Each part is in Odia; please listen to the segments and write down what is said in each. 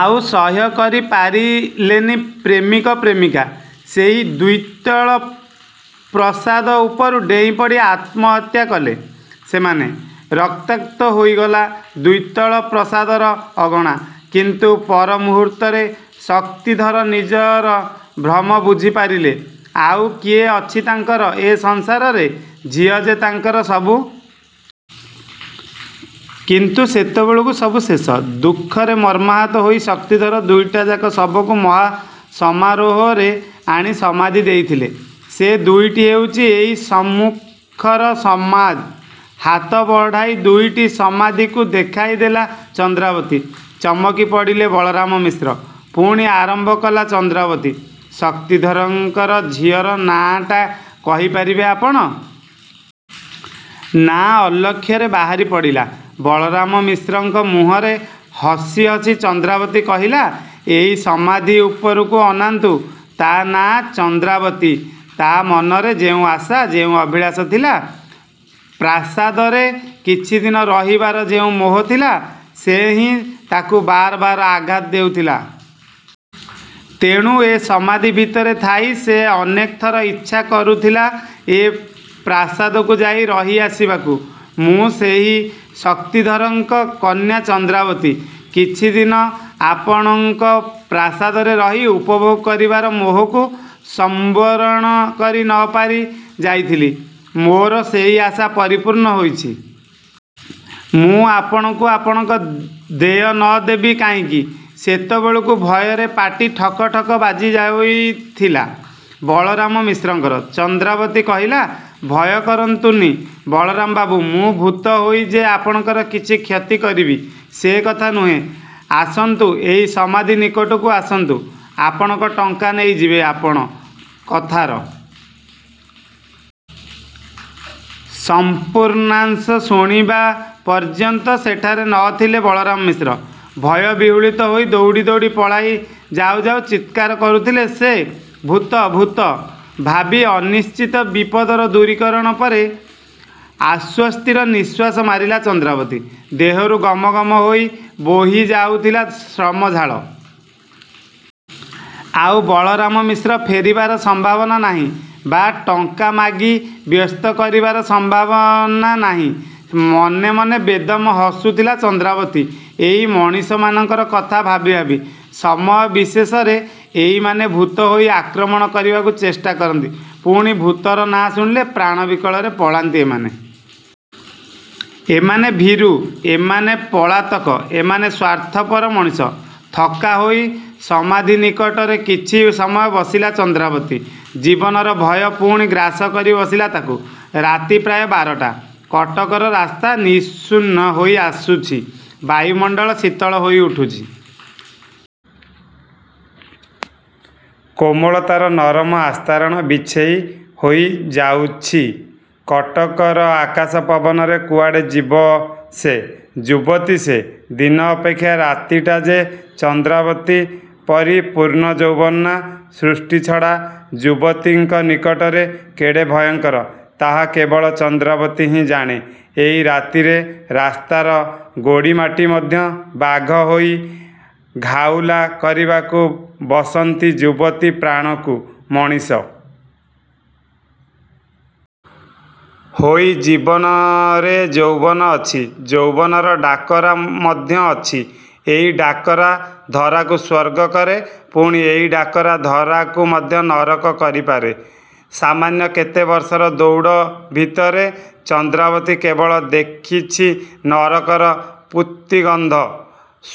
ଆଉ ସହ୍ୟ କରି ପାରିଲେନି ପ୍ରେମିକ ପ୍ରେମିକା। ସେହି ଦ୍ୱିତଳ ପ୍ରାସାଦ ଉପରୁ ଡେଇଁ ପଡ଼ି ଆତ୍ମହତ୍ୟା କଲେ ସେମାନେ। ରକ୍ତାକ୍ତ ହୋଇଗଲା ଦ୍ୱିତଳ ପ୍ରାସାଦର ଅଗଣା। କିନ୍ତୁ ପରମୁହୂର୍ତ୍ତରେ ଶକ୍ତିଧର ନିଜର ଭ୍ରମ ବୁଝିପାରିଲେ, ଆଉ କିଏ ଅଛି ତାଙ୍କର ଏ ସଂସାରରେ? ଝିଅ ଯେ ତାଙ୍କର ସବୁ। କିନ୍ତୁ ସେତେବେଳକୁ ସବୁ ଶେଷ। ଦୁଃଖରେ ମର୍ମାହତ ହୋଇ ଶକ୍ତିଧର ଦୁଇଟିଯାକ ଶବକୁ ମହା ସମାରୋହରେ ଆଣି ସମାଧି ଦେଇଥିଲେ ସେ ଦୁଇଟି ହେଉଛି ଏଇ ସମ୍ମୁଖର ସମାଧି। ହାତ ବଢ଼ାଇ ଦୁଇଟି ସମାଧିକୁ ଦେଖାଇ ଦେଲା ଚନ୍ଦ୍ରାବତୀ। ଚମକି ପଡ଼ିଲେ ବଳରାମ ମିଶ୍ର ପୁଣି ଆରମ୍ଭ କଲା ଚନ୍ଦ୍ରାବତୀ, "ଶକ୍ତିଧରଙ୍କର ଝିଅର ନାଁଟା କହିପାରିବେ ଆପଣ?" "ନାଁ..." ଅଲକ୍ଷ୍ୟରେ ବାହାରି ପଡ଼ିଲା ବଳରାମ ମିଶ୍ରଙ୍କ ମୁହଁର ହସି ହସି ଚନ୍ଦ୍ରାବତୀ କହିଲା, "ଏଇ ସମାଧି ଉପରକୁ ଅନାନ୍ତୁ ତା' ନାଁ ଚନ୍ଦ୍ରାବତୀ। ତା' ମନରେ ଯେଉଁ ଆଶା, ଯେଉଁ ଅଭିଳାଷ ଥିଲା, ପ୍ରାସାଦରେ କିଛିଦିନ ରହିବାର ଯେଉଁ ମୋହ ଥିଲା, ସେହି ହିଁ ତାକୁ ବାର ବାର ଆଘାତ ଦେଉଥିଲା। ତେଣୁ ଏ ସମାଧି ଭିତରେ ଥାଇ ସେ ଅନେକଥର ଇଚ୍ଛା କରୁଥିଲା ଏ ପ୍ରାସାଦକୁ ଯାଇ ରହି ଆସିବାକୁ। ମୁଁ ସେହି ଶକ୍ତିଧରଙ୍କ କନ୍ୟା ଚନ୍ଦ୍ରାବତୀ। କିଛିଦିନ ଆପଣଙ୍କ ପ୍ରାସାଦରେ ରହି ଉପଭୋଗ କରିବାର ମୋହକୁ ସମ୍ୱରଣ କରି ନ ପାରି ଯାଇଥିଲି, ମୋର ସେ ଆଶା ପରିପୂର୍ଣ୍ଣ ହୋଇଛି। ମୁଁ ଆପଣଙ୍କୁ ଆପଣଙ୍କ ଦେୟ ନ ଦେବି କାହିଁକି? ସେତେବେଳକୁ ଭୟରେ ପାଟି ଠକ ଠକ ବାଜି ଯାଇଥିଲା ବଳରାମ ମିଶ୍ରଙ୍କର। ଚନ୍ଦ୍ରାବତୀ କହିଲା ଭୟ କରନ୍ତୁନି ବଳରାମ ବାବୁ ମୁଁ ଭୂତ ହୋଇ ଯେ ଆପଣଙ୍କର କିଛି କ୍ଷତି କରିବି ସେ କଥା ନୁହେଁ। ଆସନ୍ତୁଏଇ ସମାଧି ନିକଟକୁ ଆସନ୍ତୁ ଆପଣଙ୍କ ଟଙ୍କା ନେଇଯିବେ ଆପଣ। କଥାର ସମ୍ପୂର୍ଣ୍ଣାଂଶ ଶୁଣିବା ପର୍ଯ୍ୟନ୍ତ ସେଠାରେ ନ ଥିଲେ ବଳରାମ ମିଶ୍ର। ଭୟ ବିହ୍ୱଳିତ ହୋଇ ଦୌଡ଼ି ଦୌଡ଼ି ପଳାଇ ଯାଉ ଯାଉ ଚିତ୍କାର କରୁଥିଲେ ସେ ଭୂତ ଭୂତ ଭାବୀ ଅନିଶ୍ଚିତ ବିପଦର ଦୂରୀକରଣ ପରେ ଆଶ୍ୱସ୍ତିର ନିଃଶ୍ୱାସ ମାରିଲା ଚନ୍ଦ୍ରାବତୀ। ଦେହରୁ ଗମ ଗମ ହୋଇ ବହି ଯାଉଥିଲା ଶ୍ରମ ଝାଳ। ଆଉ ବଳରାମ ମିଶ୍ର ଫେରିବାର ସମ୍ଭାବନା ନାହିଁ ବା ଟଙ୍କା ମାଗି ବ୍ୟସ୍ତ କରିବାର ସମ୍ଭାବନା ନାହିଁ। ମନେ ମନେ ବେଦମ୍ ହସୁଥିଲା ଚନ୍ଦ୍ରାବତୀ ଏଇ ମଣିଷମାନଙ୍କର କଥା ଭାବି ଭାବି। ସମୟ ବିଶେଷରେ ଏଇମାନେ ଭୂତ ହୋଇ ଆକ୍ରମଣ କରିବାକୁ ଚେଷ୍ଟା କରନ୍ତି। ପୁଣି ଭୂତର ନାଁ ଶୁଣିଲେ ପ୍ରାଣ ବିକଳରେ ପଳାନ୍ତି ଏମାନେ। ଏମାନେ ଭୀରୁ, ଏମାନେ ପଳାତକ, ଏମାନେ ସ୍ୱାର୍ଥପର ମଣିଷ। ଥକ୍କା ହୋଇ ସମାଧି ନିକଟରେ କିଛି ସମୟ ବସିଥିଲା ଚନ୍ଦ୍ରାବତୀ। ଜୀବନର ଭୟ ପୁଣି ଗ୍ରାସ କରି ବସିଲା ତାକୁ। ରାତି ପ୍ରାୟ ବାରଟା। କଟକର ରାସ୍ତା ନିଶୂନ ହୋଇ ଆସୁଛି। ବାୟୁମଣ୍ଡଳ ଶୀତଳ ହୋଇ ଉଠୁଛି। କୋମଳତାର ନରମ ଆସ୍ତରଣ ବିଛେଇ ହୋଇଯାଉଛି କଟକର ଆକାଶ ପବନରେ। କୁଆଡ଼େ ଯିବ ସେ? ଯୁବତୀ ସେ। ଦିନ ଅପେକ୍ଷା ରାତିଟା ଯେ ଚନ୍ଦ୍ରାବତୀ ପରି ପୂର୍ଣ୍ଣଯୌବନା ସୃଷ୍ଟିଛଡ଼ା ଯୁବତୀଙ୍କ ନିକଟରେ କେଡ଼େ ଭୟଙ୍କର, ତାହା କେବଳ ଚନ୍ଦ୍ରାବତୀ ହିଁ ଜାଣେ। ଏଇ ରାତିରେ ରାସ୍ତାର ଗୋଡ଼ି ମାଟି ମଧ୍ୟ ବାଘ ହୋଇ ଘାଉଲା କରିବାକୁ ବସନ୍ତି ଯୁବତୀ ପ୍ରାଣକୁ। ମଣିଷ ହୋଇ ଜୀବନରେ ଯୌବନ ଅଛି। ଯୌବନର ଡାକରା ମଧ୍ୟ ଅଛି। ଏଇ ଡାକରା ଧରାକୁ ସ୍ୱର୍ଗ କରେ ପୁଣି ଏଇ ଡାକରା ଧରାକୁ ମଧ୍ୟ ନରକ କରିପାରେ। ସାମାନ୍ୟ କେତେ ବର୍ଷର ଦୌଡ଼ ଭିତରେ ଚନ୍ଦ୍ରାବତୀ କେବଳ ଦେଖିଛି ନରକର ପୂତିଗନ୍ଧ।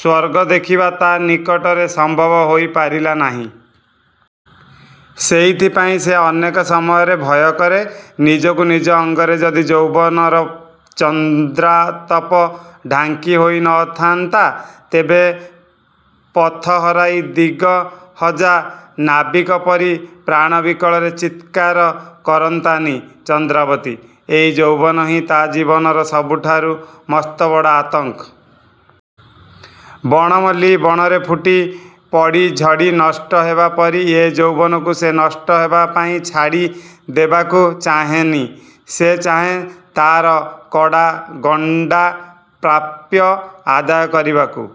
ସ୍ୱର୍ଗ ଦେଖିବା ତା' ନିକଟରେ ସମ୍ଭବ ହୋଇ ପାରିଲା ନାହିଁ। ସେଇଥିପାଇଁ ସେ ଅନେକ ସମୟରେ ଭୟ କରେ ନିଜକୁ। ନିଜ ଅଙ୍ଗରେ ଯଦି ଯୌବନର ଚନ୍ଦ୍ରାତପ ଢାଙ୍କି ହୋଇ ନ ଥାନ୍ତା। ତେବେ ପଥ ହରାଇ ଦିଗହଜା ନାବିକ ପରି ପ୍ରାଣ ବିକଳରେ ଚିତ୍କାର କରନ୍ତାନି ଚନ୍ଦ୍ରାବତୀ। ଏଇ ଯୌବନ ହିଁ ତା ଜୀବନର ସବୁଠାରୁ ମସ୍ତବଡ଼ ଆତଙ୍କ। ବଣ ମଲ୍ଲି ବଣରେ ଫୁଟି ପଡ଼ି ଝଡ଼ି ନଷ୍ଟ ହେବା ପରି ଏ ଯୌବନକୁ ସେ ନଷ୍ଟ ହେବା ପାଇଁ ଛାଡ଼ି ଦେବାକୁ ଚାହେଁନି। ସେ ଚାହେଁ ତା'ର କଡ଼ା ଗଣ୍ଡା ପ୍ରାପ୍ୟ ଆଦାୟ କରିବାକୁ।